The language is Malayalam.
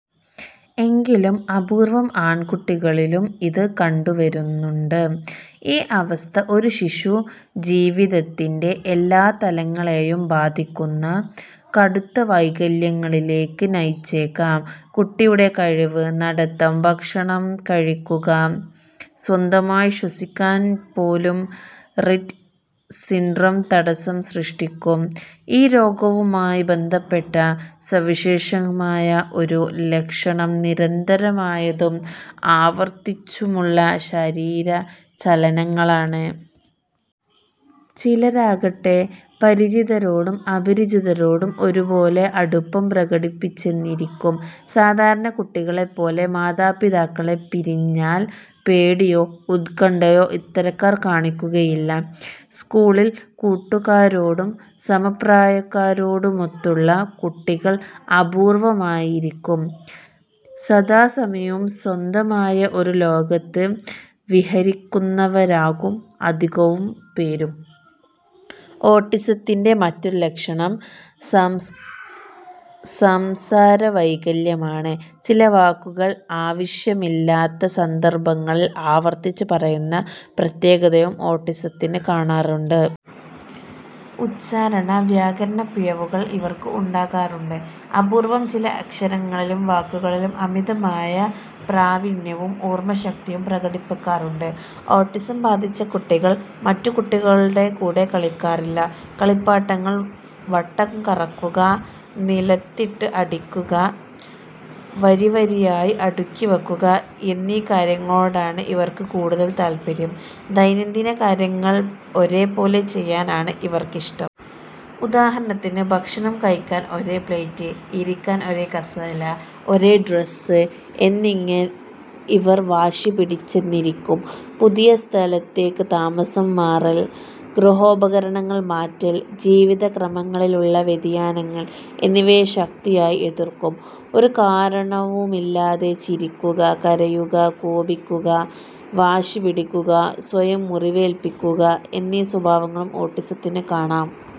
എങ്കിലും അപൂര്വ്വം ആൺകുട്ടികളിലും ഇത് കണ്ടു വരുന്നുണ്ട്. ഈ അവസ്ഥ ഒരു ശിശു ജീവിതത്തിന്റെ എല്ലാ തലങ്ങളെയും ബാധിക്കുന്ന കടുത്ത വൈകല്യങ്ങളിലേക്ക് നയിച്ചേക്കാം. കുട്ടിയുടെ കഴിവ്, നടത്തം, ഭക്ഷണം കഴിക്കുക, സ്വന്തമായി ശ്വസിക്കാൻ പോലും റിറ്റ് സിൻഡ്രോം തടസ്സം സൃഷ്ടിക്കും. ഈ രോഗവുമായി ബന്ധപ്പെട്ട സവിശേഷമായ ഒരു ലക്ഷണം നിരന്തരമായതും ആവർത്തിച്ചുള്ള ശരീര ചലനങ്ങളാണ്. ചിലരാകട്ടെ പരിചിതരോടും അപരിചിതരോടും ഒരുപോലെ അടുപ്പം പ്രകടിപ്പിച്ചെന്നിരിക്കും. സാധാരണ കുട്ടികളെപ്പോലെ, മാതാപിതാക്കളെ പിരിഞ്ഞാൽ പേടിയോ ഉത്കണ്ഠയോ ഇത്തരക്കാർ കാണിക്കുകയില്ല. സ്കൂളിൽ കൂട്ടുകാരോടും സമപ്രായക്കാരോടുമൊത്തുള്ള കുട്ടികൾ അപൂർവമായിരിക്കും. സദാസമയവും സ്വന്തമായ ഒരു ലോകത്ത് വിഹരിക്കുന്നവരാകും അധികവും പേരും. ഓട്ടിസത്തിൻെറ മറ്റൊരു ലക്ഷണം സംസാരവൈകല്യമാണ്. ചില വാക്കുകൾ ആവശ്യമില്ലാത്ത സന്ദർഭങ്ങളിൽ ആവർത്തിച്ച് പറയുന്ന പ്രത്യേകതയും ഓട്ടിസത്തിന് കാണാറുണ്ട്. ഉച്ചാരണ, വ്യാകരണ പിഴവുകൾ ഇവർക്ക് ഉണ്ടാകാറുണ്ട്. അപൂർവം ചിലർ അക്ഷരങ്ങളിലും വാക്കുകളിലും അമിതമായ പ്രാവീണ്യവും ഓർമശക്തിയും പ്രകടിപ്പിക്കാറുണ്ട്. ഓട്ടിസം ബാധിച്ച കുട്ടികൾ മറ്റു കുട്ടികളുടെ കൂടെ കളിക്കാറില്ല. കളിപ്പാട്ടങ്ങൾ വട്ടംകറക്കുക, നിലത്തിട്ട് അടിക്കുക, വരിവരിയായി അടുക്കിവെക്കുക എന്നീ കാര്യങ്ങളോടാണ് ഇവർക്ക് കൂടുതൽ താൽപര്യം. ദൈനംദിന കാര്യങ്ങൾ ഒരേപോലെ ചെയ്യാനാണ് ഇവർക്കിഷ്ടം. ഉദാഹരണത്തിന് ഭക്ഷണം കഴിക്കാൻ ഒരേ പ്ളേറ്റ്, ഇരിക്കാൻ ഒരേ കസേല, ഒരേ ഡ്രസ് എന്നിങ്ങനെ ഇവർ വാശിപിടിച്ചെന്നിരിക്കും. പുതിയ സ്ഥലത്തേക്ക് താമസം മാറൽ, ഗൃഹോപകരണങ്ങൾ മാറ്റൽ, ജീവിതക്രമങ്ങളിലുള്ള വ്യതിയാനങ്ങൾ എന്നിവയെ ശക്തിയായി എതിർക്കും. ഒരു കാരണവുമില്ലാതെ ചിരിക്കുക, കരയുക, കോപിക്കുക, വാശിപിടിക്കുക, സ്വയം മുറിവേൽപിക്കുക എന്നീ സ്വഭാവങ്ങളും ഓട്ടിസത്തിന് കാണാം.